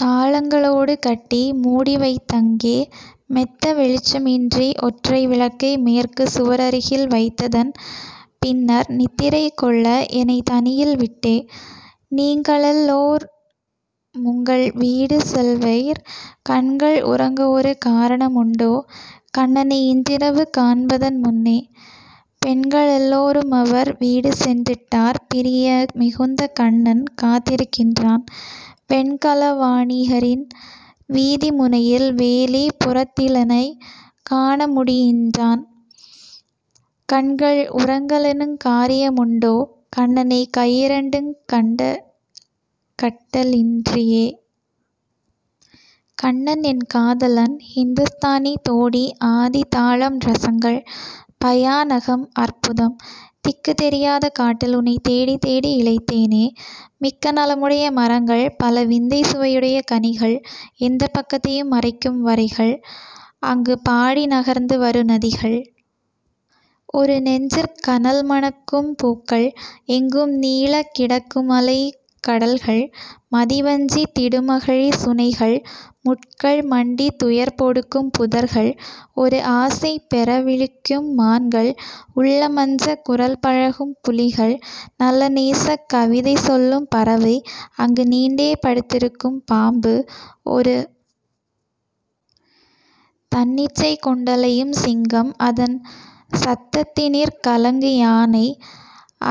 தாளங்க ளோடுகட்டி மூடிவைத் தங்கே, மெத்த வெளிச்சமின்றி ஒற்றை விளக்கை மேற்குச் சுவரருகில் வைத்ததன் பின்னர் நித்திரை கொள்ளஎனைத் தனியில் விட்டே. நீங்களெல் லோருமுங்கள் வீடு செல்வீர். கண்கள் உறங்கவொரு காரண முண்டோ, கண்ணனை இன்றிரவு காண்பதன் முன்னே? பெண்களெல் லோருமவர் வீடு சென்றிட்டார் பிரிய மிகுந்த கண்ணன் காத்திருக்கின்றான்; வெண்கல வாணிகரின் வீதி முனையில் வேலிப் புறத்திலெனைக் காணமுடி யென்றான்; கண்கள் உறங்கலெனுங் காரிய முண்டோ, கண்ணனைக் கையிரண்டுங்கண்ட கட்ட லின்றியே?. கண்ணன் என் காதலன் ஹிந்துஸ்தானி தோடி ஆதி தாளம் ரசங்கள்: பயாநகம், அற்புதம். திக்குத் தெரியாத காட்டில் உனைத் தேடித் தேடி இளைத்தேனே. மிக்க நலமுடைய மரங்கள், பல விந்தைச் சுவையுடைய கனிகள், எந்தப் பக்கத்தையும் மறைக்கும் வரைகள், அங்கு பாடி நகர்ந்து வரு நதிகள், ஒரு நெஞ்சிற் கனல்மணக்கும் பூக்கள், எங்கும் நீளக் கிடக்குமலைக் கடல்கள் மதி வஞ்சித் திடுமகழிச் சுனைகள், முட்கள் மண்டித் துயர்பொடுக்கும் புதர்கள், ஒரு ஆசை பெறவிழிக்கும் மான்கள், உள்ளம் அஞ்சக் குரல்பழகும் புலிகள், நல்ல நேசக் கவிதைசொல்லும் பறவை, அங்கு நீண்டே படுத்திருக்கும் பாம்பு, ஒரு தன்னிச்சை கொண்டலையும் சிங்கம் அதன் சத்தத் தினிற்கலங்கு யானை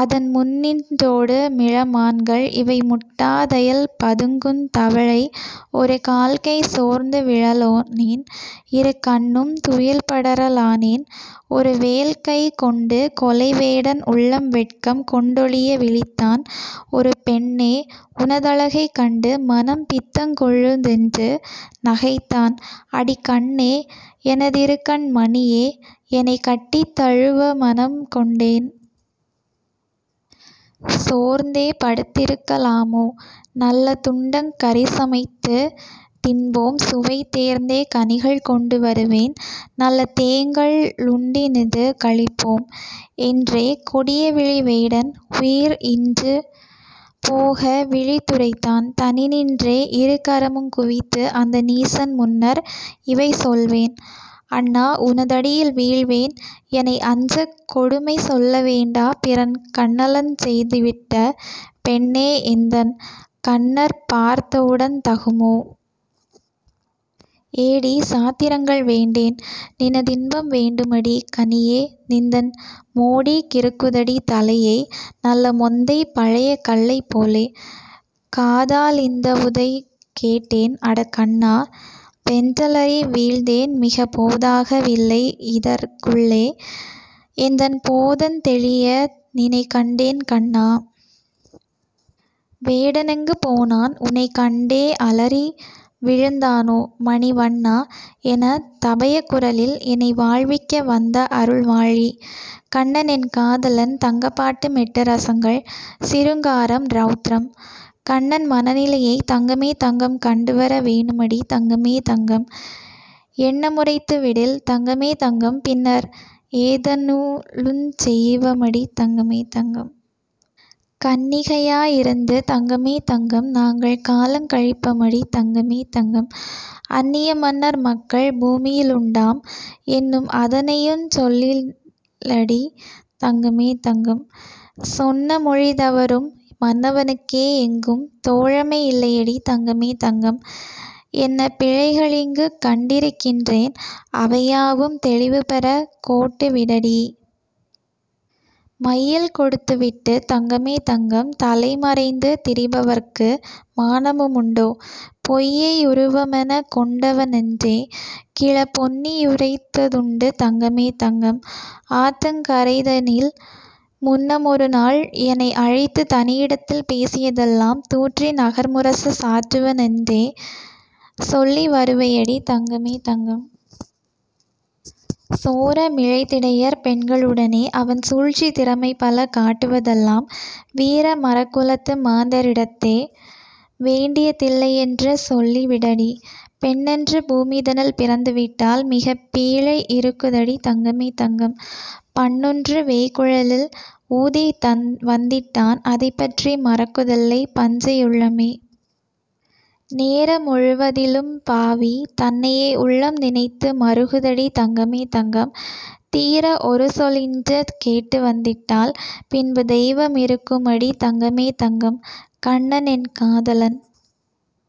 அதன் முன்னின் றோடுமிள மான்கள் இவை முட்டா தயல்பதுங்குந் தவளை ஒரு கால்கை சோர்ந்துவிழ லானேன் இரு கண்ணும் துயில்படர லானேன் ஒரு வேல்கைக் கொண்டுகொலைவேடன் உள்ளம் வெட்கம் கொண்டொழிய விழித்தான் ஒரு ''பெண்ணே உனதழகைக் கண்டு மனம் பித்தங்கொள்ளு'' தென்று நகைத்தான் ''அடி கண்ணே, எனதிருகண் மணியே எனைக் கட்டித் தழுவமனம் கொண்டேன். சோர்ந்தே படுத்திருக்க லாமோ? நல்ல துண்டக் கறிசமைத்துத் தின்போம் சுவை தேர்ந்தே கனிகள் கொண்டு வருவேன் நல்ல தேங்கள் ளுண்டினிது களிப்போம். '' என்றே கொடியவிழி வேடன் உயிர் இற்றுப் போகவிழித் துரைத்தான் தனி நின்றே இருகரமுங் குவித்து அந்த நீசன் முன்னர் இவை சொல்வேன்: ''அண்ணா உனதடியில் வீழ்வேன் எனை அஞ்சக் கொடுமைசொல்ல வேண்டா பிறன் கண்ணலஞ் செய்துவிட்ட பெண்ணே என்றன் கண்ணற் பார்த்தவுடந் தகுமோ? '' ''ஏடி, சாத்திரங்கள் வேண்டேன்: நின தின்பம் வேண்டுமடி, கனியே, நின்றன் மோடி கிறுக்குதடி தலையை, நல்ல மொந்தைப் பழையகள்ளைப் போலே'' காதா லிந்தவுதை கேட்டேன் 'அட கண்ணா! ' வென்றலறி வீழ்ந்தேன் மிகப் போதாக வில்லையிதற் குள்ளே என்றன் போதந் தெளியநினைக் கண்டேன். கண்ணா! வேடனெங்கு போனான்? உனைக் கண்டே யலறிவிழுந் தானோ? மணி வண்ணா! என தபயக் குரலில் -எனை வாழ்விக்க வந்தஅருள் வாழி!. கண்ணன் என் காதலன் தங்கப்பாட்டு மெட்டு ரசங்கள்: சிருங்காரம், ரௌத்ரம். கண்ணன் மனநிலையைத் தங்கமே தங்கம் கண்டுவர வேணுமடி தங்கமே தங்கம்; எண்ண முரைத்துவிடில் தங்கமே தங்கம் பின்னர் ஏதெனிலுஞ் செய்வமடி தங்கமே தங்கம்.. கன்னிகை யாயிருந்து தங்கமே தங்கம் நாங்கள் காலங் கழிப்பமடி தங்கமே தங்கம்; அன்னிய மன்னர் மக்கள் பூமியிலுண்டாம் என்னும் அதனையுஞ் சொல்லிடடி தங்கமே தங்கம்.. சொன்ன மொழிதவறும் மன்னவ னுக்கே எங்கும் தோழமை யில்லையடி தங்கமே தங்கம்; என்ன பிழைகளிங்கு கண்டிருக்கின்றேன்? அவை யாவும் தெளிவுபெறக் கோட்டு விடடீ!. மையல் கொடுத்துவிட்டுத் தங்கமே தங்கம் தலை மறைந்து திரிபவர்க்கு மானமு முண்டோ? பொய்யை யுருவமெனக் கொண்டவ னென்றே கிழப் பொன்னி யுரைத்ததுண்டு தங்கமே தங்கம். ஆற்றங் கரையதனில் முன்னமொருநாள் எனை அழைத்துத் தனியிடத்தில் பேசிய தெல்லாம் தூற்றி நகர்முரசு சாற்றுவ னென்றே சொல்லி வருவையடி தங்கமே தங்கம். சோர மிழைத்திடையர் பெண்களுடனே அவன் சூழ்ச்சித் திறமை பல காட்டுவ தெல்லாம் வீர மறக்குலத்து மாதரிடத்தே வேண்டிய தில்லையென்று சொல்லி விடடீ! பெண்ணென்று பூமிதனில் பிறந்துவிட்டால் மிகப் பீழை யிருக்குதடி தங்கமே தங்கம்; பண்ணொன்று வேய்ங்குழலில் ஊதி வந்திட்டான் அதைப் பற்றி மறக்கு தில்லை பஞ்சை யுள்ளமே. நேர முழுவதிலுமப் பாவி தன்னையே உள்ளம் நினைத்து மறுகுதடி தங்கமே தங்கம், தீர ஒருசொலின்று கேட்டு வந்திட்டால் பின்பு தெய்வ மிருக்குமடி தங்கமே தங்கம்!. கண்ணன் என் காதலன்।